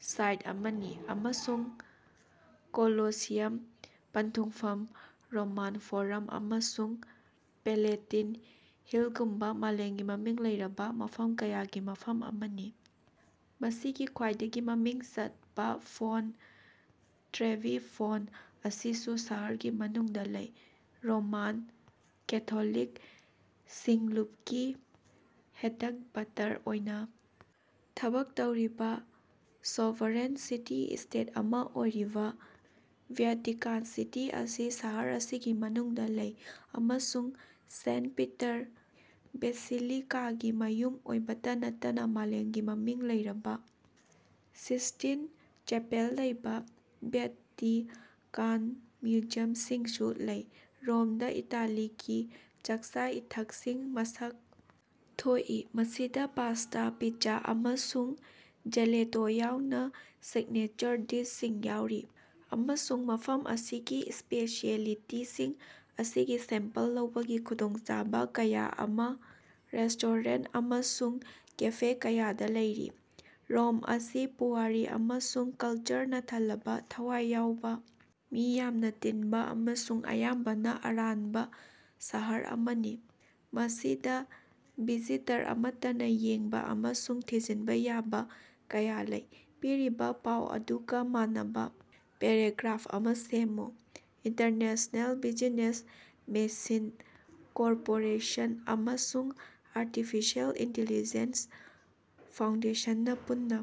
Side ꯑꯃꯅꯤ ꯑꯃꯁꯨꯡ Colosseum, ꯄꯟꯊꯨꯡꯐꯝ, ꯔꯣꯃꯥꯟ ꯐꯣꯔꯝ ꯑꯃꯁꯨꯡ ꯄꯦꯂꯦꯇꯤꯟ ꯍꯤꯜꯒꯨꯝꯕ ꯃꯥꯂꯦꯝꯒꯤ ꯃꯃꯤꯡ ꯂꯩꯔꯕ ꯃꯐꯝ ꯀꯌꯥꯒꯤ ꯃꯐꯝ ꯑꯃꯅꯤ꯫ ꯃꯁꯤꯒꯤ ꯈ꯭ꯋꯥꯏꯗꯒꯤ ꯃꯃꯤꯡ ꯆꯠꯄ ꯐꯣꯟꯠ ꯇ꯭ꯔꯦꯚꯤ ꯐꯣꯟꯠ ꯑꯁꯤꯁꯨ ꯁꯍꯔꯒꯤ ꯃꯅꯨꯡꯗ ꯂꯩ꯫ ꯔꯣꯃꯥꯟ ꯀꯦꯊꯣꯂꯤꯛ ꯁꯤꯡꯂꯨꯞꯀꯤ ꯍꯦꯗꯛꯕꯥꯇꯔ ꯑꯣꯏꯅ ꯊꯕꯛ ꯇꯧꯔꯤꯕ ꯁꯣꯚꯔꯦꯟ ꯁꯤꯇꯤ-ꯁ꯭ꯇꯦꯠ ꯑꯃ ꯑꯣꯏꯔꯤꯕ ꯚ꯭ꯌꯥꯇꯤꯀꯥꯟ ꯁꯤꯇꯤ ꯑꯁꯤ ꯁꯍꯔ ꯑꯁꯤꯒꯤ ꯃꯅꯨꯡꯗ ꯂꯩ ꯑꯃꯁꯨꯡ ꯁꯦꯟꯠ ꯄꯤꯇꯔ ꯕꯦꯁꯤꯂꯤꯀꯥꯒꯤ ꯃꯌꯨꯝ ꯑꯣꯏꯕꯇ ꯅꯠꯇꯅ ꯃꯥꯂꯦꯝꯒꯤ ꯃꯃꯤꯡ ꯂꯩꯔꯕ ꯁꯤꯁ꯭ꯇꯤꯟ ꯆꯦꯄꯦꯜ ꯂꯩꯕ ꯚ꯭ꯌꯥꯇꯤꯀꯥꯟ ꯃ꯭ꯌꯨꯖꯤꯌꯝꯁꯤꯡꯁꯨ ꯂꯩ꯫ ꯔꯣꯝꯗ ꯏꯇꯥꯂꯤꯒꯤ ꯆꯥꯛꯆꯥ-ꯏꯊꯛꯁꯤꯡ ꯃꯁꯛ ꯊꯣꯛꯏ, ꯃꯁꯤꯗ ꯄꯥꯁ꯭ꯇꯥ, ꯄꯤꯠꯖꯥ ꯑꯃꯁꯨꯡ ꯖꯦꯂꯦꯇꯣ ꯌꯥꯎꯅ ꯁꯤꯒꯅꯦꯆꯔ ꯗꯤꯁꯁꯤꯡ ꯌꯥꯎꯔꯤ, ꯑꯃꯁꯨꯡ ꯃꯐꯝ ꯑꯗꯨꯒꯤ ꯁ꯭ꯄꯦꯁꯤꯑꯦꯂꯤꯇꯤꯁꯤꯡ ꯑꯁꯤꯒꯤ ꯁꯦꯝꯄꯜ ꯂꯧꯕꯒꯤ ꯈꯨꯗꯣꯡꯆꯥꯕ ꯀꯌꯥ ꯑꯃ ꯔꯦꯁ꯭ꯇꯣꯔꯦꯟ ꯑꯃꯁꯨꯡ ꯀꯦꯐꯦ ꯀꯌꯥꯗ ꯂꯩꯔꯤ꯫ ꯔꯣꯝ ꯑꯁꯤ ꯄꯨꯋꯥꯔꯤ ꯑꯃꯁꯨꯡ ꯀꯜꯆꯔꯅ ꯊꯜꯂꯕ ꯊꯋꯥꯏ ꯌꯥꯎꯕ, ꯃꯤ ꯌꯥꯝꯅ ꯇꯤꯟꯕ ꯑꯃꯁꯨꯡ ꯑꯌꯥꯝꯕꯅ ꯑꯔꯥꯟꯕ ꯁꯍꯔ ꯑꯃꯅꯤ, ꯃꯁꯤꯗ ꯚꯤꯖꯤꯇꯔ ꯑꯃꯠꯇꯅ ꯌꯦꯡꯕꯥ ꯑꯃꯁꯨꯡ ꯊꯤꯖꯤꯟꯕ ꯌꯥꯕ ꯀꯌꯥ ꯂꯩ꯫ ꯄꯤꯔꯤꯕ ꯄꯥꯎ ꯑꯗꯨꯒ ꯃꯥꯟꯅꯕ ꯄꯦꯔꯥꯒ꯭ꯔꯥꯐ ꯑꯃꯥ ꯁꯦꯝꯃꯨ꯫ ꯏꯟꯇꯔꯅ‌ꯦꯁꯅ‌ꯦꯜ ꯕꯤꯖꯤꯅ‌ꯦꯁ ꯃ‌ꯦꯁꯤꯟ ꯀ‌ꯣꯔꯄ‌ꯣꯔ‌ꯦꯁꯟ ꯑꯃꯁꯨꯡ ꯑꯥꯔꯇꯤꯐꯤꯁꯤꯑꯦꯜ ꯏꯟꯇꯤꯂꯤꯖ‌ꯦꯟꯁ ꯐꯥꯎꯟꯗꯦꯁꯟꯅ ꯄꯨꯟꯅ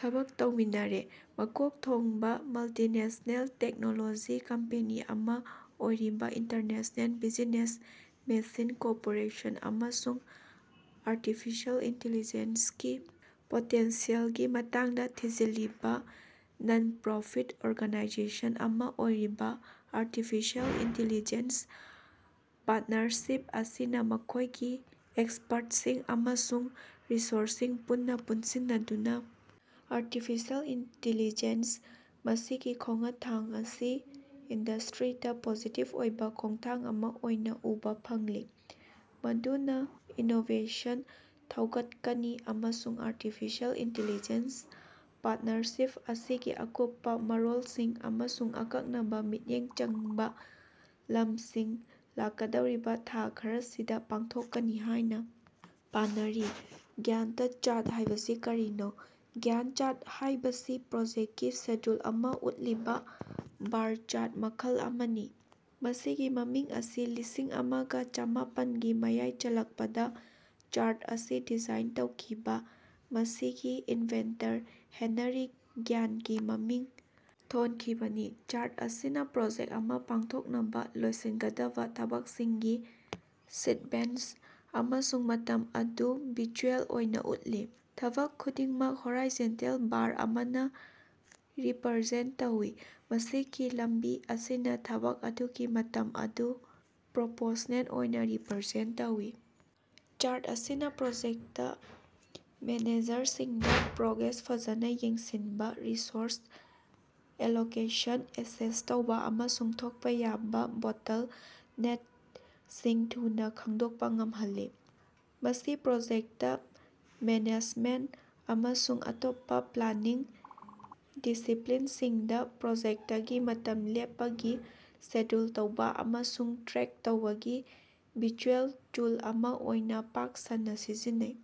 ꯊꯕꯛ ꯇꯧꯃꯤꯟꯅꯔꯦ꯫ ꯃꯀꯣꯛ ꯊꯣꯡꯕ ꯃꯜꯇꯤꯅꯦꯁ꯭ꯅꯦꯜ ꯇꯦꯛꯅꯣꯂꯣꯖꯤ ꯀꯝꯄꯦꯅꯤ ꯑꯃꯥ ꯑꯣꯏꯔꯤꯕ ꯏꯟꯇꯔꯅ‌ꯦꯁꯅ‌ꯦꯜ ꯕꯤꯖꯤꯅ‌ꯦꯁ ꯃ‌ꯦꯁꯤꯟ ꯀ‌ꯣꯔꯄ‌ꯣꯔ‌ꯦꯁꯟ ꯑꯃꯁꯨꯡ ꯑꯥꯔꯇꯤꯐꯤꯁꯤꯑꯦꯜ ꯏꯟꯇꯤꯂꯤꯖꯦꯟꯁꯀꯤ ꯄꯣꯇꯦꯟꯁꯤꯌꯦꯜꯒꯤ ꯃꯇꯥꯡꯗ ꯊꯤꯖꯤꯜꯂꯤꯕ ꯅꯟ-ꯄ꯭ꯔꯣꯐꯤꯠ ꯑꯣꯔꯒꯅꯥꯏꯖꯦꯁꯟ ꯑꯃꯥ ꯑꯣꯏꯔꯤꯕ ꯑꯥꯔꯇꯤꯐꯤꯁꯤꯑꯦꯜ ꯏꯟꯇꯤꯂꯤꯖꯦꯟꯁ ꯄꯥꯔ꯭ꯠꯅꯔꯁꯤꯞ ꯑꯁꯤꯅ ꯃꯈꯣꯏꯒꯤ ꯑꯦꯛꯁꯄꯔꯠꯁꯤꯡ ꯑꯃꯁꯨꯡ ꯔꯤꯁꯣꯔꯁꯁꯤꯡ ꯄꯨꯟꯅ ꯄꯨꯟꯁꯤꯟꯅꯗꯨꯅ ꯑꯥꯔꯇꯤꯐꯤꯁꯤꯑꯦꯜ ꯏꯟꯇꯤꯂꯤꯖꯦꯟꯁ ꯃꯁꯤꯒꯤ ꯈꯣꯉꯊꯥꯡ ꯑꯁꯤ ꯏꯟꯗꯁꯇ꯭ꯔꯤꯗ ꯄꯣꯖꯤꯇꯤꯕ ꯑꯣꯏꯕ ꯈꯣꯡꯊꯥꯡ ꯑꯃ ꯑꯣꯏꯅ ꯎꯕ ꯐꯪꯂꯤ ꯃꯗꯨꯅ ꯏꯅꯣꯕꯦꯁꯟ ꯊꯧꯒꯠꯀꯅꯤ ꯑꯃꯁꯨꯡ ꯑꯥꯔꯇꯤꯐꯤꯁꯤꯑꯦꯜ ꯏꯟꯇꯤꯂꯤꯖꯦꯟꯁ ꯄꯥꯔꯇꯅꯔꯁꯤꯞ ꯑꯁꯤꯒꯤ ꯑꯀꯨꯞꯄꯥ ꯃꯔꯣꯜꯁꯤꯡ ꯑꯃꯁꯨꯡ ꯑꯀꯛꯅꯕ ꯃꯤꯠꯌꯦꯡ ꯆꯪꯕ ꯂꯝꯁꯤꯡ ꯂꯥꯛꯀꯗꯧꯔꯤꯕ ꯊꯥ ꯈꯔꯁꯤꯗ ꯐꯣꯡꯗꯣꯛꯀꯅꯤ ꯍꯥꯏꯅ ꯄꯥꯅꯔꯤ꯫ ꯒ꯭ꯌꯥꯟꯇ ꯆꯥꯔꯠ ꯍꯥꯏꯕꯁꯤ ꯀꯔꯤꯅꯣ꯫ ꯒ꯭ꯌꯥꯟꯠ ꯆꯥꯔꯠ ꯍꯥꯏꯕꯁꯤ ꯄ꯭ꯔꯣꯖꯦꯛꯀꯤ ꯁꯦꯗ꯭ꯌꯨꯜ ꯑꯃꯥ ꯎꯠꯂꯤꯕ ꯕꯥꯔ ꯆꯥꯔꯠ ꯃꯈꯜ ꯑꯃꯅꯤ꯫ ꯃꯁꯤꯒꯤ ꯃꯃꯤꯡ ꯑꯁꯤ ꯂꯤꯁꯤꯡ ꯑꯃꯒ ꯆꯃꯥꯄꯟꯒꯤ ꯃꯌꯥꯏ ꯆꯜꯂꯛꯄꯗ ꯆꯥꯔꯠ ꯑꯁꯤ ꯗꯤꯖꯥꯏꯟ ꯇꯧꯈꯤꯕ ꯃꯁꯤꯒꯤ ꯏꯟꯚꯦꯟꯇꯔ ꯍꯦꯅꯔꯤ ꯒ꯭ꯌꯥꯟꯀꯤ ꯃꯃꯤꯡ ꯊꯣꯟꯈꯤꯕꯅꯤ꯫ ꯆꯥꯔꯠ ꯑꯁꯤꯅ ꯄ꯭ꯔꯣꯖꯦꯛ ꯑꯃ ꯄꯥꯡꯊꯣꯛꯅꯕ ꯂꯣꯏꯁꯤꯟꯒꯗꯕ ꯊꯕꯛꯁꯤꯡꯒꯤ ꯁꯤꯛꯕꯦꯟꯁ ꯑꯃꯁꯨꯡ ꯃꯇꯝ ꯑꯗꯨ ꯚꯤꯖꯨꯑꯦꯜ ꯑꯣꯏꯅ ꯎꯠꯂꯤ꯫ ꯊꯕꯛ ꯈꯨꯗꯤꯡꯃꯛ ꯍꯣꯔꯥꯏꯖꯣꯟꯇꯦꯜ ꯕꯥꯔ ꯑꯃꯅ ꯔꯤꯞꯔꯖꯦꯟ ꯇꯧꯏ, ꯃꯁꯤꯒꯤ ꯂꯝꯕꯤ ꯑꯁꯤꯅ ꯊꯕꯛ ꯑꯗꯨꯒꯤ ꯃꯇꯝ ꯑꯗꯨ ꯄ꯭ꯔꯣꯄꯣꯔꯁꯅꯦꯜ ꯑꯣꯏꯅ ꯔꯤꯄꯔꯖꯦꯟ ꯇꯧꯏ꯫ ꯆꯥꯔꯠ ꯑꯁꯤꯅ ꯄ꯭ꯔꯣꯖꯦꯛꯇ ꯃꯦꯅꯦꯖꯔꯁꯤꯡꯗ ꯄ꯭ꯔꯣꯒ꯭ꯔꯦꯁ ꯐꯖꯅ ꯌꯦꯡꯁꯤꯟꯕ, ꯔꯤꯁꯣꯔꯁ ꯑꯦꯂꯣꯀꯦꯁꯟ ꯑꯦꯁꯦꯁ ꯇꯧꯕ ꯑꯃꯁꯨꯡ ꯊꯣꯛꯄ ꯌꯥꯕꯥ ꯕꯣꯇꯜꯅꯦꯛꯁꯤꯡ ꯊꯨꯅ ꯈꯪꯗꯣꯛꯄ ꯉꯝꯍꯜꯂꯤ꯫ ꯃꯁꯤ ꯄ꯭ꯔꯣꯖꯦꯛꯇ ꯃꯦꯅꯦꯖꯃꯦꯟꯇ ꯑꯃꯁꯨꯡ ꯑꯇꯣꯞꯄ ꯄ꯭ꯂꯥꯅꯤꯡ ꯗꯤꯁꯤꯄꯂꯤꯟꯁꯤꯡꯗ ꯄ꯭ꯔꯣꯖꯦꯛꯇꯀꯤ ꯃꯇꯝ ꯂꯦꯞꯄꯒꯤ ꯁꯦꯗ꯭ꯌꯨꯜ ꯇꯧꯕ ꯑꯃꯁꯨꯡ ꯇ꯭ꯔꯦꯛ ꯇꯧꯕꯒꯤ ꯚꯤꯖꯨꯑꯦꯜ ꯇꯨꯜ ꯑꯃ ꯑꯣꯏꯅꯥ ꯄꯥꯛ ꯁꯟꯅꯥ ꯁꯤꯖꯤꯟꯅꯩ꯫